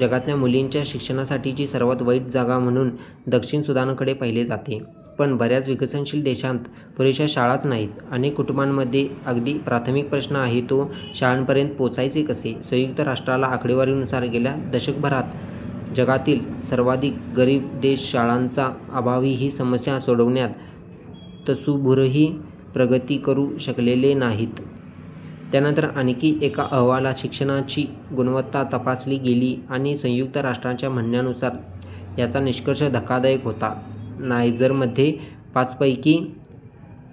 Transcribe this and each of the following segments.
जगातल्या मुलींच्या शिक्षणासाठीची सर्वात वाईट जागा म्हणून दक्षिण सुदानकडे पाहिले जाते, पण बऱ्याच विकसनशील देशांत पुरेशा शाळाच नाहीत. अनेक कुटुंबांमध्ये अगदी प्राथमिक प्रश्न आहे तो, शाळेपर्यंत पोचायचे कसे? संयुक्त राष्ट्रांच्या आकडेवारीनुसार, गेल्या दशकभरात जगातील सर्वाधिक गरीब देश शाळांचा अभाव ही समस्या सोडवण्यात तसूभरही प्रगती करू शकलेले नाहीत. त्यानंतर आणखी एका अहवालात शिक्षणाची गुणवत्ता तपासली गेली आणि संयुक्त राष्ट्रांच्या म्हणण्यानुसार याचा निष्कर्ष धक्कादायक होता. नायजरमध्ये पाचपैकी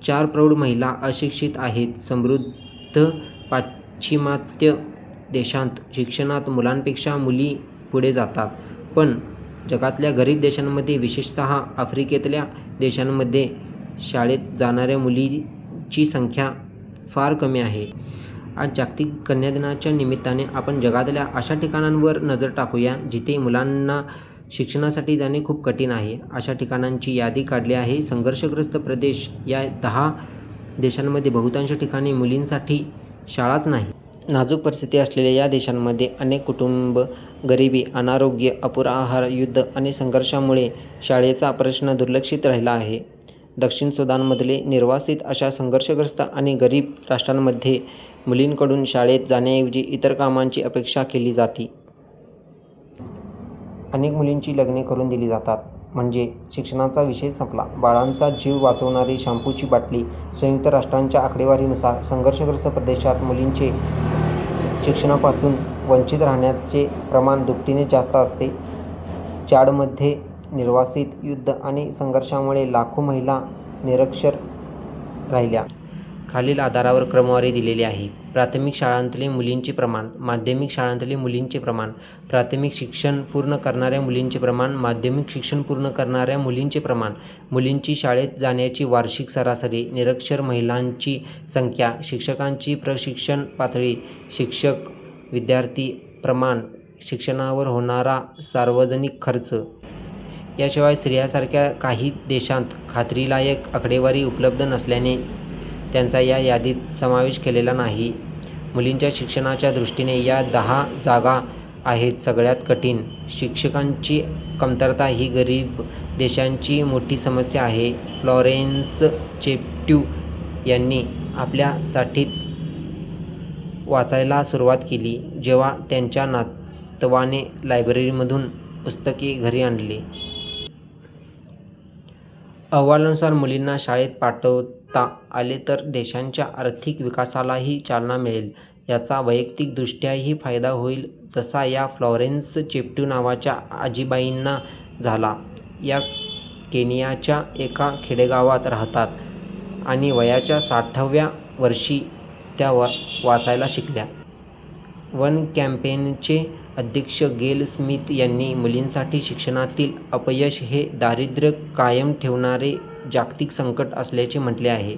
चार प्रौढ महिला अशिक्षित आहेत. समृद्ध पाश्चिमात्य देशांत शिक्षणात मुलांपेक्षा मुली पुढे असतात. पण जगातल्या गरीब देशांमध्ये विशेषतः आफ्रिकेतल्या देशांमध्ये शाळेत जाणाऱ्या मुलींची संख्या फारच कमी आहे. आज 'जागतिक कन्या दिना'च्या निमित्ताने आपण जगातल्या अशा ठिकाणांवर नजर टाकू या, जिथे मुलांना शिक्षणासाठी जाणे खूप कठीण आहे. अशा ठिकाणांची यादी काढली आहे. संघर्षग्रस्त प्रदेश, या दहा देशांमध्ये बहुतांश ठिकाणी मुलींसाठी शाळाच नाही. नाजुक परिस्थिती असलेल्या या देशांमध्ये, अनेक कुटुंब गरिबी, अनारोग्य, अपुरा आहार, युद्ध आणि संघर्षामुळे शाळेचा प्रश्न दुर्लक्षित राहिला आहे. दक्षिण सुदानमधले निर्वासित अशा संघर्षग्रस्त आणि गरीब राष्ट्रांमध्ये मुलींकडून शाळेत जाण्याऐवजी इतर कामांची अपेक्षा केली जाती. अनेक मुलींची लग्ने करून दिली जातात. म्हणजे शिक्षणाचा विषयच संपला. बाळांचा जीव वाचवणारी शँपूची बाटली - संयुक्त राष्ट्रांच्या आकडेवारीनुसार, संघर्षग्रस्त प्रदेशात मुलींचे शिक्षणापासून वंचित राहण्याचे प्रमाण दुपटीने जास्त असते. चाडमधले निर्वासित: युद्ध आणि संघर्षामुळे लाखो महिला निरक्षर राहिल्या. खालील आधारावर क्रमवारी दिलेली आहे: •प्राथमिक शाळांतले मुलींचे प्रमाण •माध्यमिक शाळांमधले मुलींचे प्रमाण •प्राथमिक शिक्षण पूर्ण करणाऱ्या मुलींचे प्रमाण •माध्यमिक शिक्षण पूर्ण करणाऱ्या मुलींचे प्रमाण •मुलींची शाळेत जाण्याची वार्षिक सरासरी •निरक्षर महिलांची संख्या •शिक्षकांची प्रशिक्षण पातळी •शिक्षक-विद्यार्थी प्रमाण •शिक्षणावर होणारा सार्वजनिक खर्च. याशिवाय, सीरियासारख्या काही देशांत खात्रीलायक आकडेवारी उपलब्ध नसल्याने त्यांचा या यादीत समावेश केलेला नाही. मुलींच्या शिक्षणाच्या दृष्टीने या दहा जागा आहेत सगळ्यात कठीण: शिक्षकांची कमतरता ही गरीब देशांची मोठी समस्या आहे. फ्लॉरेन्स चेप्ट्यू यांनी आपल्या साठीत वाचायला सुरुवात केली, जेव्हा त्यांच्या नातवाने लायब्ररीमधून पुस्तक घरी आणले. अहवालानुसार मुलींना शाळेत पाठवता आले तर देशांच्या आर्थिक विकासालाही चालना मिळेल. याचा वैयक्तिक दृष्ट्याही फायदा होईल जसा या फ्लॉरेन्स चेप्ट्यू नावाच्या आजीबाईंना झाला. या केनियाच्या एका खेडेगावात राहतात आणि वयाच्या साठव्या वर्षी त्या वाचायला शिकल्या. वन कॅम्पेनचे अध्यक्ष गेल स्मिथ यांनी, मुलींसाठी शिक्षणातील अपयश हे 'दारिद्र्य कायम ठेवणारे जागतिक संकट' असल्याचे म्हटले आहे.